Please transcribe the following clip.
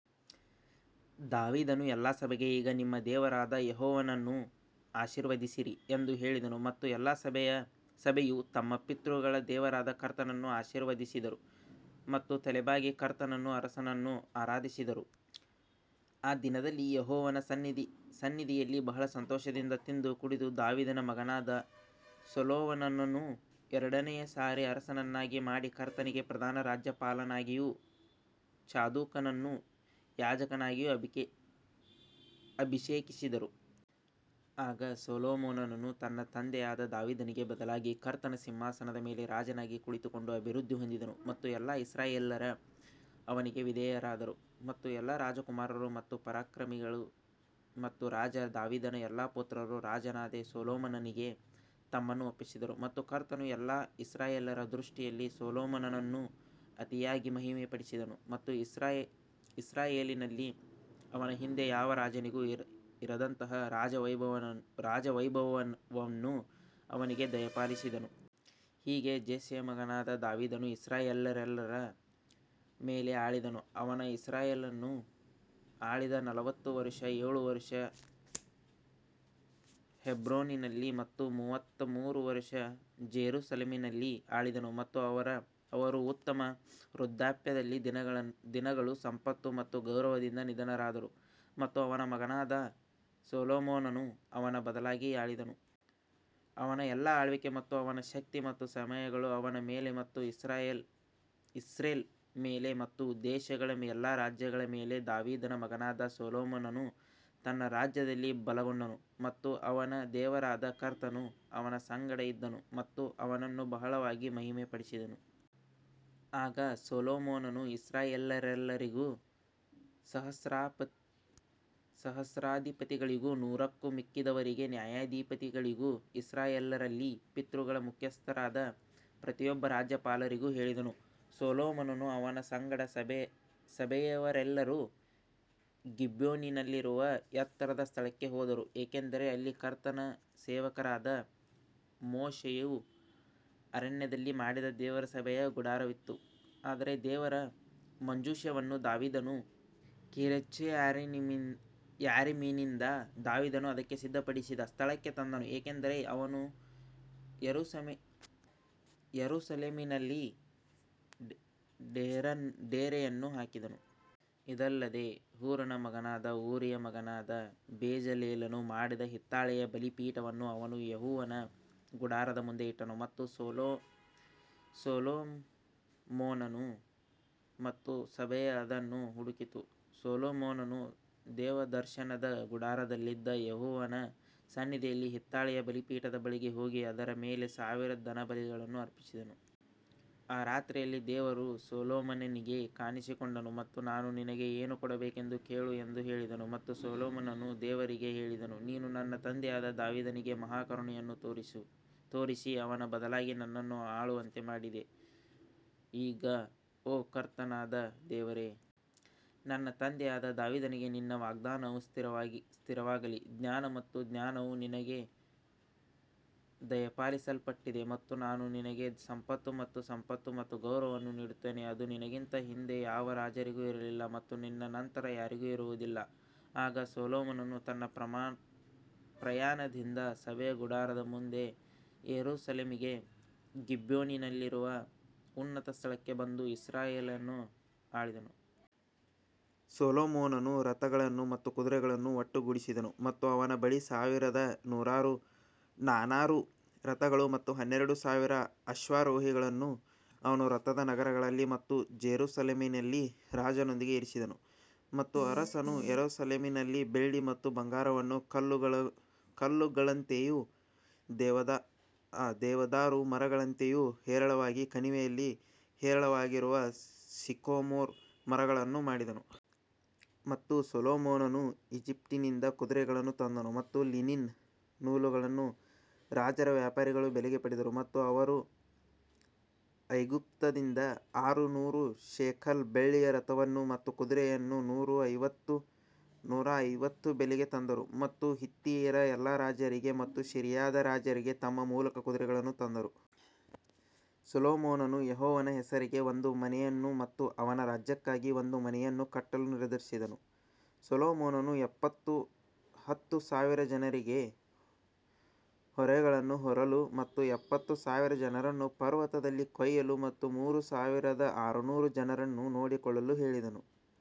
ದಾವೀದನು ಎಲ್ಲಾ ಸಭೆಗೆ ಈಗ ನಿಮ್ಮ ದೇವರಾದ ಯೆಹೋವನನ್ನು ಆಶೀರ್ವದಿಸಿರಿ ಎಂದು ಹೇಳಿದನು ಮತ್ತು ಎಲ್ಲಾ ಸಭೆಯು ತಮ್ಮ ಪಿತೃಗಳ ದೇವರಾದ ಕರ್ತನನ್ನು ಆಶೀರ್ವದಿಸಿದರು ಮತ್ತು ತಲೆಬಾಗಿ ಕರ್ತನನ್ನೂ ಅರಸನನ್ನೂ ಆರಾಧಿಸಿದರು. ಆ ದಿನದಲ್ಲಿ ಯೆಹೋವನ ಸನ್ನಿಧಿಯಲ್ಲಿ ಬಹಳ ಸಂತೋಷದಿಂದ ತಿಂದು ಕುಡಿದು ದಾವೀದನ ಮಗನಾದ ಸೊಲೊಮೋನನನ್ನು ಎರಡನೆಯ ಸಾರಿ ಅರಸನನ್ನಾಗಿ ಮಾಡಿ ಕರ್ತನಿಗೆ ಪ್ರಧಾನ ರಾಜ್ಯಪಾಲನಾಗಿಯೂ ಚಾದೋಕನನ್ನು ಯಾಜಕನಾಗಿಯೂ ಅಭಿಷೇಕಿಸಿದರು. ಆಗ ಸೊಲೊಮೋನನು ತನ್ನ ತಂದೆಯಾದ ದಾವೀದನಿಗೆ ಬದಲಾಗಿ ಕರ್ತನ ಸಿಂಹಾಸನದ ಮೇಲೆ ರಾಜನಾಗಿ ಕುಳಿತುಕೊಂಡು ಅಭಿವೃದ್ಧಿ ಹೊಂದಿದನು ಮತ್ತು ಎಲ್ಲಾ ಇಸ್ರಾಯೇಲ್ಯರು ಅವನಿಗೆ ವಿಧೇಯರಾದರು. ಮತ್ತು ಎಲ್ಲಾ ರಾಜಕುಮಾರರು ಮತ್ತು ಪರಾಕ್ರಮಿಗಳು ಮತ್ತು ರಾಜ ದಾವೀದನ ಎಲ್ಲಾ ಪುತ್ರರು ರಾಜನಾದ ಸೊಲೊಮೋನನಿಗೆ ತಮ್ಮನ್ನು ಒಪ್ಪಿಸಿದರು. ಮತ್ತು ಕರ್ತನು ಎಲ್ಲಾ ಇಸ್ರಾಯೇಲ್ಯರ ದೃಷ್ಟಿಯಲ್ಲಿ ಸೊಲೊಮೋನನನ್ನು ಅತಿಯಾಗಿ ಮಹಿಮೆಪಡಿಸಿದನು ಮತ್ತು ಇಸ್ರಾಯೇಲಿನಲ್ಲಿ ಅವನ ಹಿಂದೆ ಯಾವ ರಾಜನಿಗೂ ಇರದಂತಹ ರಾಜ ವೈಭವವನ್ನು ಅವನಿಗೆ ದಯಪಾಲಿಸಿದನು. ಹೀಗೆ ಜೆಸ್ಸೆಯ ಮಗನಾದ ದಾವೀದನು ಇಸ್ರಾಯೇಲ್ಯರೆಲ್ಲರ ಮೇಲೆ ಆಳಿದನು ಅವನು ಇಸ್ರಾಯೇಲನ್ನು ಆಳಿದ ನಲವತ್ತು ವರುಷ ಏಳು ವರುಷ ಹೆಬ್ರೋನಿನಲ್ಲಿ ಮತ್ತು ಮೂವತ್ತಮೂರು ವರುಷ ಜೆರುಸಲೇಮಿನಲ್ಲಿ ಆಳಿದನು. ಮತ್ತು ಅವರು ಉತ್ತಮ ವೃದ್ಧಾಪ್ಯದಲ್ಲಿ ದಿನಗಳು ಸಂಪತ್ತು ಮತ್ತು ಗೌರವದಿಂದ ನಿಧನರಾದರು ಮತ್ತು ಅವನ ಮಗನಾದ ಸೊಲೊಮೋನನು ಅವನ ಬದಲಾಗಿ ಆಳಿದನು. ಅವನ ಎಲ್ಲಾ ಆಳ್ವಿಕೆ ಮತ್ತು ಅವನ ಶಕ್ತಿ ಮತ್ತು ಸಮಯಗಳು ಅವನ ಮೇಲೆ ಮತ್ತು ಇಸ್ರೇಲ್ ಮೇಲೆ ಮತ್ತು ದೇಶಗಳ ಎಲ್ಲಾ ರಾಜ್ಯಗಳ ಮೇಲೆ ದಾವೀದನ ಮಗನಾದ ಸೊಲೊಮೋನನು ತನ್ನ ರಾಜ್ಯದಲ್ಲಿ ಬಲಗೊಂಡನು ಮತ್ತು ಅವನ ದೇವರಾದ ಕರ್ತನು ಅವನ ಸಂಗಡ ಇದ್ದನು ಮತ್ತು ಅವನನ್ನು ಬಹಳವಾಗಿ ಮಹಿಮೆಪಡಿಸಿದನು. ಆಗ ಸೊಲೊಮೋನನು ಇಸ್ರಾಯೇಲ್ಯರೆಲ್ಲರಿಗೂ ಸಹಸ್ರಾಧಿಪತಿಗಳಿಗೂ ನೂರಕ್ಕೂ ಮಿಕ್ಕಿದವರಿಗೂ ನ್ಯಾಯಾಧಿಪತಿಗಳಿಗೂ ಇಸ್ರಾಯೇಲ್ಯರಲ್ಲಿ ಪಿತೃಗಳ ಮುಖ್ಯಸ್ಥರಾದ ಪ್ರತಿಯೊಬ್ಬ ರಾಜ್ಯಪಾಲರಿಗೂ ಹೇಳಿದನು. ಸೊಲೊಮೋನನೂ ಅವನ ಸಂಗಡ ಸಭೆಯವರೆಲ್ಲರೂ ಗಿಬ್ಯೋನಿನಲ್ಲಿರುವ ಎತ್ತರದ ಸ್ಥಳಕ್ಕೆ ಹೋದರು ಏಕೆಂದರೆ ಅಲ್ಲಿ ಕರ್ತನ ಸೇವಕನಾದ ಮೋಶೆಯು ಅರಣ್ಯದಲ್ಲಿ ಮಾಡಿದ ದೇವರ ಸಭೆಯ ಗುಡಾರವಿತ್ತು. ಆದರೆ ದೇವರ ಮಂಜೂಷವನ್ನು ದಾವೀದನು ಕಿರ್ಯತ್ಜೆಯಾರೀಮಿನಿಂದ ದಾವೀದನು ಅದಕ್ಕೆ ಸಿದ್ಧಪಡಿಸಿದ ಸ್ಥಳಕ್ಕೆ ತಂದನು, ಏಕೆಂದರೆ ಅವನು ಯೆರೂಸಲೇಮಿನಲ್ಲಿ ಡೇರೆಯನ್ನು ಹಾಕಿದನು. ಇದಲ್ಲದೆ ಹೂರನ ಮಗನಾದ ಊರಿಯ ಮಗನಾದ ಬೆಜಲೇಲನು ಮಾಡಿದ ಹಿತ್ತಾಳೆಯ ಬಲಿಪೀಠವನ್ನು ಅವನು ಯೆಹೋವನ ಗುಡಾರದ ಮುಂದೆ ಇಟ್ಟನು ಮತ್ತು ಸೊಲೊಮೋನನು ಮತ್ತು ಸಭೆಯು ಅದನ್ನು ಹುಡುಕಿತು. ಸೊಲೊಮೋನನು ದೇವದರ್ಶನದ ಗುಡಾರದಲ್ಲಿದ್ದ ಯೆಹೋವನ ಸನ್ನಿಧಿಯಲ್ಲಿ ಹಿತ್ತಾಳೆಯ ಬಲಿಪೀಠದ ಬಳಿಗೆ ಹೋಗಿ ಅದರ ಮೇಲೆ ಸಾವಿರ ದಹನಬಲಿಗಳನ್ನು ಅರ್ಪಿಸಿದನು. ಆ ರಾತ್ರಿಯಲ್ಲಿ ದೇವರು ಸೊಲೊಮೋನನಿಗೆ ಕಾಣಿಸಿಕೊಂಡನು ಮತ್ತು ನಾನು ನಿನಗೆ ಏನು ಕೊಡಬೇಕೆಂದು ಕೇಳು ಎಂದು ಹೇಳಿದನು ಮತ್ತು ಸೊಲೊಮೋನನು ದೇವರಿಗೆ ಹೇಳಿದನು, ನೀನು ನನ್ನ ತಂದೆಯಾದ ದಾವೀದನಿಗೆ ಮಹಾ ಕರುಣೆಯನ್ನು ತೋರಿಸಿ ಅವನ ಬದಲಾಗಿ ನನ್ನನ್ನು ಆಳುವಂತೆ ಮಾಡಿದಿ. ಈಗ ಓ ಕರ್ತನಾದ ದೇವರೇ ನನ್ನ ತಂದೆಯಾದ ದಾವೀದನಿಗೆ ನಿನ್ನ ವಾಗ್ದಾನವು ಸ್ಥಿರವಾಗಲಿ ಜ್ಞಾನ ಮತ್ತು ಜ್ಞಾನವು ನಿನಗೆ ದಯಪಾಲಿಸಲ್ಪಟ್ಟಿದೆ ಮತ್ತು ನಾನು ನಿನಗೆ ಸಂಪತ್ತು ಮತ್ತು ಸಂಪತ್ತು ಮತ್ತು ಗೌರವವನ್ನು ನೀಡುತ್ತೇನೆ, ಅದು ನಿನಗಿಂತ ಹಿಂದೆ ಯಾವ ರಾಜರಿಗೂ ಇರಲಿಲ್ಲ ಮತ್ತು ನಿನ್ನ ನಂತರ ಯಾರಿಗೂ ಇರುವುದಿಲ್ಲ ಆಗ ಸೊಲೊಮೋನನು ತನ್ನ ಪ್ರಯಾಣದಿಂದ ಸಭೆಯ ಗುಡಾರದ ಮುಂದೆ ಯೆರೂಸಲೇಮಿಗೆ ಗಿಬ್ಯೋನಿನಲ್ಲಿರುವ ಉನ್ನತ ಸ್ಥಳಕ್ಕೆ ಬಂದು ಇಸ್ರಾಯೇಲನ್ನು ಆಳಿದನು. ಸೊಲೊಮೋನನು ರಥಗಳನ್ನು ಮತ್ತು ಕುದುರೆಗಳನ್ನು ಒಟ್ಟುಗೂಡಿಸಿದನು ಮತ್ತು ಅವನ ಬಳಿ ಸಾವಿರದ ನಾನೂರು ರಥಗಳು ಮತ್ತು ಹನ್ನೆರಡು ಸಾವಿರ ಅಶ್ವಾರೋಹಿಗಳನ್ನು ಅವನು ರಥದ ನಗರಗಳಲ್ಲಿ ಮತ್ತು ಜೆರುಸಲೇಮಿನಲ್ಲಿ ರಾಜನೊಂದಿಗೆ ಇರಿಸಿದನು. ಮತ್ತು ಅರಸನು ಯೆರೂಸಲೇಮಿನಲ್ಲಿ ಬೆಳ್ಳಿ ಮತ್ತು ಬಂಗಾರವನ್ನು ಕಲ್ಲುಗಳಂತೆಯೂ ದೇವದಾರು ಮರಗಳಂತೆಯೂ ಹೇರಳವಾಗಿ ಕಣಿವೆಯಲ್ಲಿ ಹೇರಳವಾಗಿರುವ ಸಿಕೊಮೊರ್ ಮರಗಳನ್ನು ಮಾಡಿದನು. ಮತ್ತು ಸೊಲೊಮೋನನು ಈಜಿಪ್ಟಿನಿಂದ ಕುದುರೆಗಳನ್ನು ತಂದನು ಮತ್ತು ಲಿನಿನ್ ನೂಲುಗಳನ್ನು ರಾಜರ ವ್ಯಾಪಾರಿಗಳು ಬೆಲೆಗೆ ಪಡೆದರು. ಮತ್ತು ಅವರು ಐಗುಪ್ತದಿಂದ ಆರು ನೂರು ಶೇಕೆಲ್ ಬೆಳ್ಳಿಯ ರಥವನ್ನು ಮತ್ತು ಕುದುರೆಯನ್ನು ನೂರ ಐವತ್ತು ಬೆಲೆಗೆ ತಂದರು ಮತ್ತು ಹಿತ್ತಿಯರ ಎಲ್ಲಾ ರಾಜರಿಗೆ ಮತ್ತು ಸಿರಿಯಾದ ರಾಜರಿಗೆ ತಮ್ಮ ಮೂಲಕ ಕುದುರೆಗಳನ್ನು ತಂದರು. ಸೊಲೊಮೋನನು ಯೆಹೋವನ ಹೆಸರಿಗೆ ಒಂದು ಮನೆಯನ್ನು ಮತ್ತು ಅವನ ರಾಜ್ಯಕ್ಕಾಗಿ ಒಂದು ಮನೆಯನ್ನು ಕಟ್ಟಲು ನಿರ್ಧರಿಸಿದನು ಸೊಲೊಮೋನನು ಎಪ್ಪತ್ತು ಹತ್ತು ಸಾವಿರ ಜನರಿಗೆ ಹೊರೆಗಳನ್ನು ಹೊರಲು ಮತ್ತು ಎಪ್ಪತ್ತು ಸಾವಿರ ಜನರನ್ನು ಪರ್ವತದಲ್ಲಿ ಕೊಯ್ಯಲು ಮತ್ತು ಮೂರು ಸಾವಿರದ ಆರುನೂರು ಜನರನ್ನು ನೋಡಿಕೊಳ್ಳಲು ಹೇಳಿದನು.